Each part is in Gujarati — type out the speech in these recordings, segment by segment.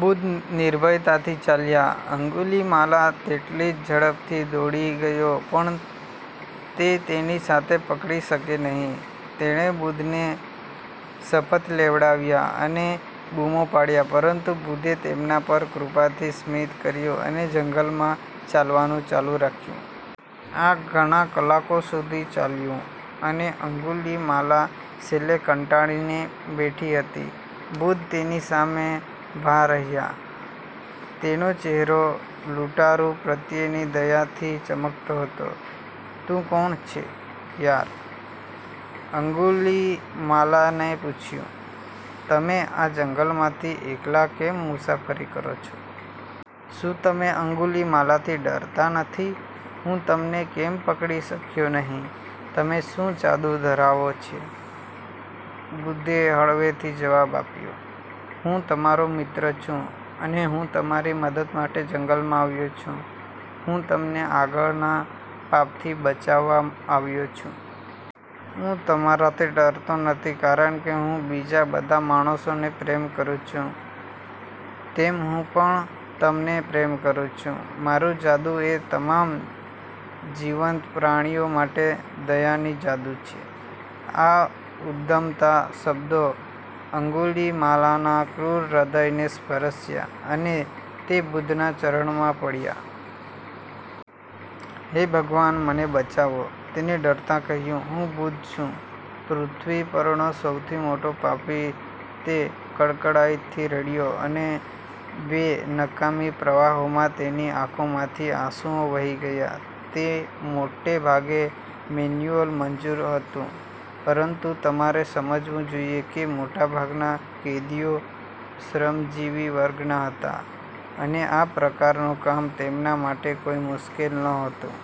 બુદ્ધ નિર્ભયતાથી ચાલ્યા. અંગુલિમાલા તેટલી ઝડપથી દોડી ગયો પણ તે તેની સાથે પકડી શકી નહીં. તેણે બુદ્ધને શપથ લેવડાવ્યા અને બુમો પાડ્યા, પરંતુ બુદ્ધે તેમના પર કૃપાથી સ્મિત કર્યું અને જંગલમાં ચાલવાનું ચાલુ રાખ્યું. આ ઘણા કલાકો સુધી ચાલ્યું અને અંગુલીમાલા છેલ્લે કંટાળીને બેઠી હતી. બુદ્ધ તેની સામે. ભા રહ્યા. તેનો ચહેરો લૂંટારુ પ્રત્યેની દયાથી ચમકતો હતો. 'તું કોણ છે યાર? ' અંગુલિમાલાને પૂછ્યું. 'તમે આ જંગલમાંથી એકલા કેમ મુસાફરી કરો છો? શું તમે અંગુલિમાલાથી ડરતા નથી? હું તમને કેમ પકડી શક્યો નહીં? તમે શું જાદુ ધરાવે છે? બુદ્ધે હળવેથી જવાબ આપ્યો, 'હું તમારો મિત્ર છું અને હું તમારી મદદ માટે જંગલમાં આવ્યો છું. હું તમને આગળના પાપથી બચાવવા આવ્યો છું. હું તમારાથી ડરતો નથી કારણ કે હું બીજા બધા માણસોને પ્રેમ કરું છું તેમ હું પણ તમને પ્રેમ કરું છું. મારું જાદુ એ તમામ જીવંત પ્રાણીઓ માટે દયાની જાદુ છે. ' આ ઉમદા શબ્દો અંગુલિમાલાના ક્રૂર હૃદયને સ્પર્શ્યા અને તે બુદ્ધના ચરણોમાં પડ્યા. " હે ભગવાન મને બચાવો! ' તેણે રડતાં કહ્યું. 'હું બુદ્ધ છું પૃથ્વી પરનો સૌથી મોટો પાપી'. તે કડકાઈથી રડ્યો અને બે નકામી પ્રવાહોમાં તેની આંખોમાંથી આંસુઓ વહી ગયા. 'તે મોટે ભાગે મેન્યુઅલ મજૂર હતું, પરંતુ તમારે એ સમજવું જોઇએ કે મોટાભાગના કેદીઓ શ્રમજીવી વર્ગના હતા, અને આ પ્રકારનું કામ તેમના માટે કોઈ મુશ્કેલી ન હતું.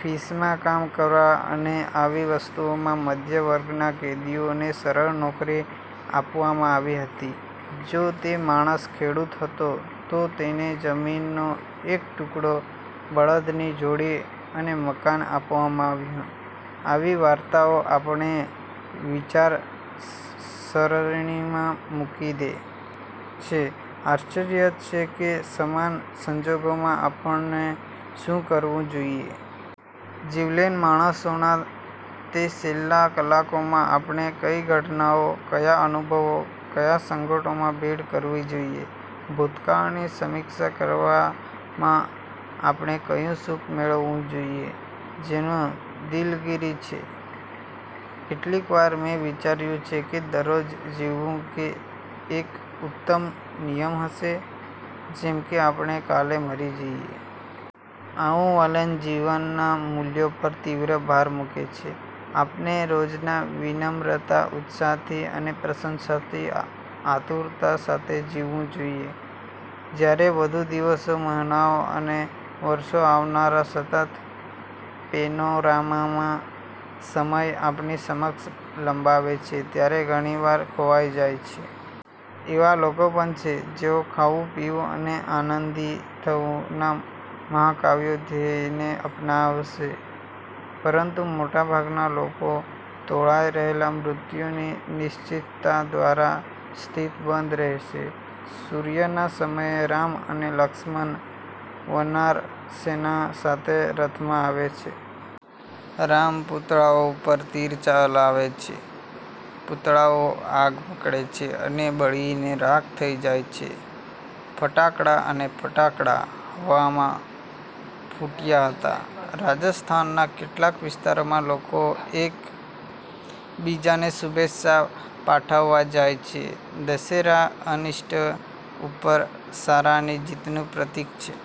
-ફિસમાં કામ કરવા અને આવી વસ્તુઓમાં મધ્યમ વર્ગના કેદીઓને સરળ નોકરી આપવામાં આવી હતી. જો તે માણસ ખેડૂત હતો, તો તેને જમીનનો એક ટુકડો, બળદની જોડી અને મકાન આપવામાં આવ્યું. આવી વાર્તાઓ આપણને વિચારસરણીમાં મૂકી દે છે, આશ્ચર્ય થાય છે કે સમાન સંજોગોમાં આપણે શું કરવું જોઈએ. જીવલેણ માણસોના તે છેલ્લા કલાકોમાં આપણે કઈ ઘટનાઓ, કયા અનુભવો, કયા સંગઠનોમાં ભીડ કરવી જોઈએ? ભૂતકાળની સમીક્ષા કરવામાં આપણે કયું સુખ મેળવવું જોઈએ, જેનો દિલગીરી છે? કેટલીકવાર મેં વિચાર્યું છે કે દરરોજ જીવવું એ એક ઉત્તમ નિયમ હશે જેમ કે આપણે કાલે મરી જઈએ. આવું વલણ જીવનના મૂલ્યો પર તીવ્ર ભાર મૂકે છે. આપણે દરરોજ નમ્રતા, ઉત્સાહથી અને પ્રશંસાની આતુરતા સાથે જીવવું જોઈએ, જ્યારે વધુ દિવસો, મહિનાઓ અને વર્ષો આવનારા સતત પેનોરામામાં સમય આપણી સમક્ષ લંબાવે છે ત્યારે ઘણી વાર ખોવાઈ જાય છે. એવા લોકો પણ છે, જેઓ 'ખાવું, પીવું અને આનંદી થવું' ના મહાકાવ્ય ધ્યેયને અપનાવશે, પરંતુ મોટાભાગના લોકો તોળાઈ રહેલા મૃત્યુની નિશ્ચિતતા દ્વારા શિસ્તબદ્ધ રહેશે. સૂર્યના સમયે રામ અને લક્ષ્મણ વનાર સેના સાથે રથમાં આવે છે. રામ પુતળાઓ ઉપર તીર ચલાવે છે. પુતળાઓ આગ પકડે છે અને બળીને રાખ થઈ જાય છે. ફટાકડા અને ફટાકડા હવામાં ફૂટ્યા હતા. રાજસ્થાનના કેટલાક વિસ્તારોમાં લોકો એક બીજાને શુભેચ્છા પાઠવવા જાય છે. દશેરા અનિષ્ટ ઉપર સારાની જીતનું પ્રતીક છે.